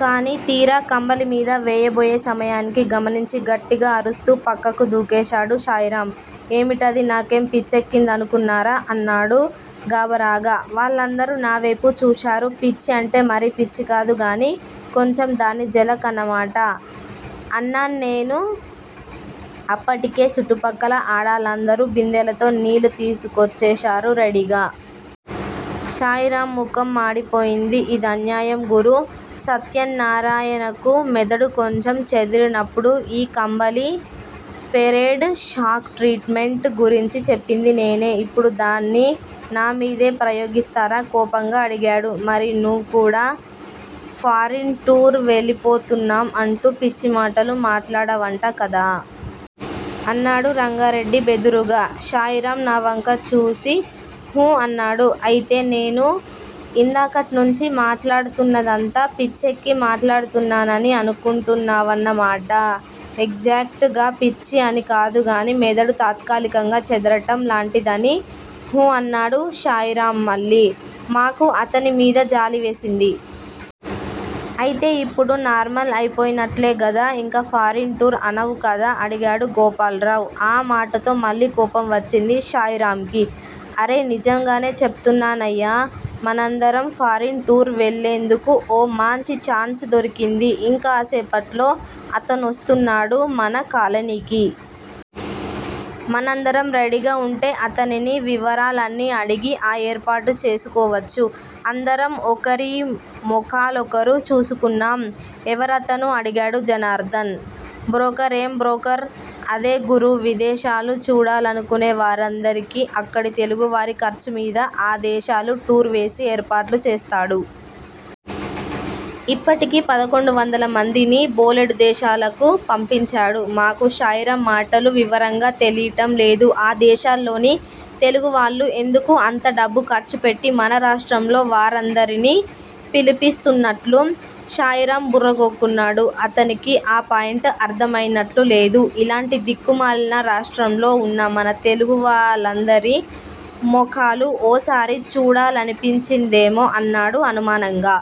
కానీ తీరా కంబళి మీద వేయబోయే సమయానికి గమనించి గట్టిగా అరుస్తూ పక్కకు దూకేశాడు శాయిరామ్. ఏమిటిది? నాకేం పిచ్చెక్కిందనుకున్నారా? అన్నాడు గాబరాగా. వాళ్ళందరూ నావేపు చూశారు. పిచ్చి అంటే మరీ పిచ్చికాదు గానీ, కొంచెం దాని జలక్ అన్నమాట! అన్నాన్నేను. అప్పటికే చుట్టుపక్కల ఆడాళ్ళందరూ బిందెలతో నీళ్ళు తీసుకొచ్చేశారు రెడీగా. శాయిరామ్ మొఖం మాడిపోయింది. ఇదన్యాయం గురూ! సత్యన్నారాయణకు మెదడు కొంచెం చెదిరినప్పుడు ఈ కంబళి పెరేడ్ షాక్ ట్రీట్ మెంట్ గురించి చెప్పింది నేనే! ఇప్పుడు దాన్ని నా మీదే ప్రయోగిస్తారా? కోపంగా అడిగాడు. మరి నువ్ కూడా ఫారిన్ టూర్ వెళ్ళిపోతున్నాం అంటూ పిచ్చి మాటలు మాట్లాడావంట కదా? అన్నాడు రంగారెడ్డి బెదురుగా. శాయిరామ్ నావంక చూసి హు! అన్నాడు. అయితే నేను ఇందాకట్నుంచీ మాట్లాడుతున్నదంతా పిచ్చెక్కి మాట్లాడుతున్నానని అనుకుంటున్నావన్నమాట ఎగ్జాట్ గా పిచ్చి అని కాదు గానీ మెదడు తాత్కాలికంగా చెదరటం లాంటిదని హు! అన్నాడు శాయిరామ్ మళ్ళీ. మాకు అతని మీద జాలివేసింది. అయితే ఇప్పుడు నార్మల్ అయిపోయినట్లే గదా! ఇంక 'ఫారిన్ టూర్' అనవు కదా! అడిగాడు గోపాల్రావ్. ఆ మాటతో మళ్ళీ కోపం వచ్చింది శాయిరామ్ కి. అరె! నిజంగానే చెప్తున్నా నయ్యా! మనందరం ఫారిన్ టూర్ వెళ్ళేందుకు ఓ మాంచి ఛాన్స్ దొరికింది. ఇంకాసేపట్లో అతనొస్తున్నాడు మన కాలనీకి! మనందరం రెడీగా ఉంటే అతనిని వివరాలన్నీ అడిగి ఆ ఏర్పాటు చేసుకోవచ్చు. అందరం ఒకరి మొఖాలొకరు చూసుకున్నాం. ఎవరతను? అడిగాడు జనార్ధన్. బ్రోకర్ ఏం బ్రోకరు? అదే గురూ! విదేశాలు చూడాలనుకునే వారందరికీ అక్కడి తెలుగువారి ఖర్చుమీద ఆ దేశాలు టూర్ వేసి ఏర్పాట్లు చేస్తాడు. ఇప్పటికి పదకొండు వందల మందిని బోలెడు దేశాలకు పంపించాడు. మాకు శాయిరామ్ మాటలు వివరంగా తెలీటం లేదు. ఆ దేశాల్లోని తెలుగువాళ్లు ఎందుకు అంత డబ్బు ఖర్చుపెట్టి మన రాష్ట్రంలో వారందరినీ పిలిపిస్తున్నట్లు? శాయిరామ్ బుర్ర గోక్కున్నాడు. అతనికి ఆ పాయింట్ అర్ధమయినట్లులేదు. ఇలాంటి దిక్కుమాలిన రాష్ట్రంలో ఉన్న మన తెలుగువాళ్ళందరి మొఖాలు ఓసారి చూడాలనిపించిందేమో అన్నాడు అనుమానంగా.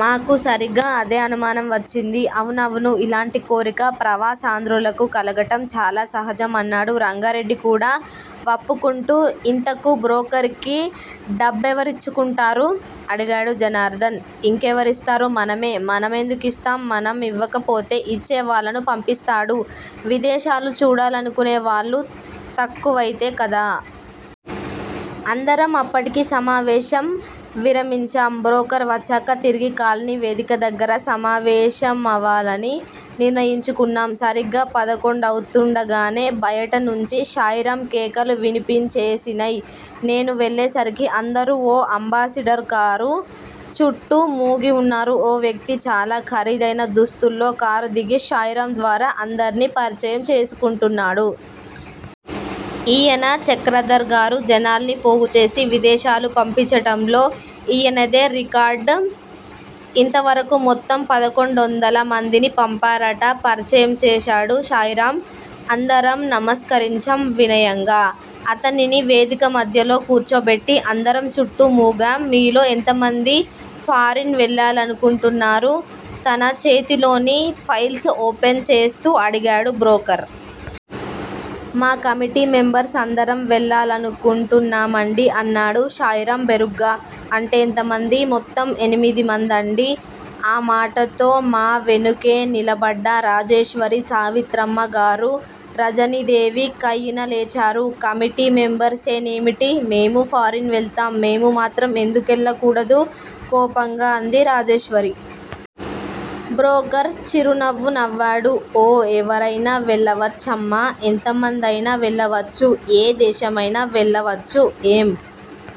మాకూ సరిగ్గా అదే అనుమానం వచ్చింది. అవునవును! ఇలాంటి కోరిక ప్రవాసాంధ్రులకు కలగటం చాలా సహజం అన్నాడు రంగారెడ్డి కూడా వప్పుకుంటూ. ఇంతకూ బ్రోకర్ కి డబ్బెవరిచ్చు కుంటారు? అడిగాడు జనార్ధన్. ఇంకెవరిస్తారు? మనమే! మన మెందుకిస్తాం? మనం ఇవ్వకపోతే ఇచ్చేవాళ్ళను పంపిస్తాడు. విదేశాలు చూడాలనుకునే వాళ్ళు తక్కువయితే కదా! అందరం అప్పటికి సమావేశం విరమించాం. బ్రోకర్ వచ్చాక తిరిగి కాలనీ వేదిక దగ్గర సమావేశమవాలని నిర్ణయించుకున్నాం. సరిగ్గా పదకొండవుతూండగానే బయటనుంచి శాయిరామ్ కేకలు వినిపించేసినయ్. నేను వెళ్ళేసరికే అందరూ ఓ అంబాసిడర్ కారు చుట్టూ మూగి ఉన్నారు. ఓ వ్యక్తి చాలా ఖరీదయిన దుస్తుల్లో కారు దిగి శాయిరామ్ ద్వారా అందరినీ పరిచయం చేసుకుంటున్నాడు. ఈయన చక్రధర్ గారు! జనాల్ని పోగుచేసి విదేశాలు పంపించటంలో ఈయనదే రికార్డ్ ఇంతవరకూ మొత్తం పదకొండొందల మందిని పంపారట పరిచయం చేశాడు శాయిరామ్. అందరం నమస్కరించాం వినయంగా. అతనిని వేదిక మధ్యలో కూర్చోబెట్టి అందరం చుట్టూ మూగాం. మీలో ఎంతమంది ఫారిన్ వెళ్ళాలనుకుంటున్నారు? తన చేతిలోని ఫైల్స్ ఓపెన్ చేస్తూ అడిగాడు బ్రోకర్. మా కమిటీ మెంబర్స్ అందరం వెళ్ళాలనుకుంటున్నామండీ అన్నాడు శాయిరామ్ బెరుగ్గా. అంటే ఎంతమంది? మొత్తం ఎనిమిదిమందండీ. ఆ మాటతో మా వెనుకే నిలబడ్డ రాజేశ్వరి, సావిత్రమ్మ గారూ, రజనీదేవి కయ్యిన లేచారు. కమిటీ మెంబర్సేనేమిటి? మేమూ ఫారిన్ వెళ్తాం! మేము మాత్రం ఎందుకెళ్ళకూడదు? కోపంగా అంది రాజేశ్వరి. బ్రోకర్ చిరునవ్వు నవ్వాడు. ఓ ఎవరయినా వెళ్ళవచ్చమ్మా ఎంతమందయినా వెళ్ళవచ్చు! ఏ దేశమయినా వెళ్లవచ్చు! ఏం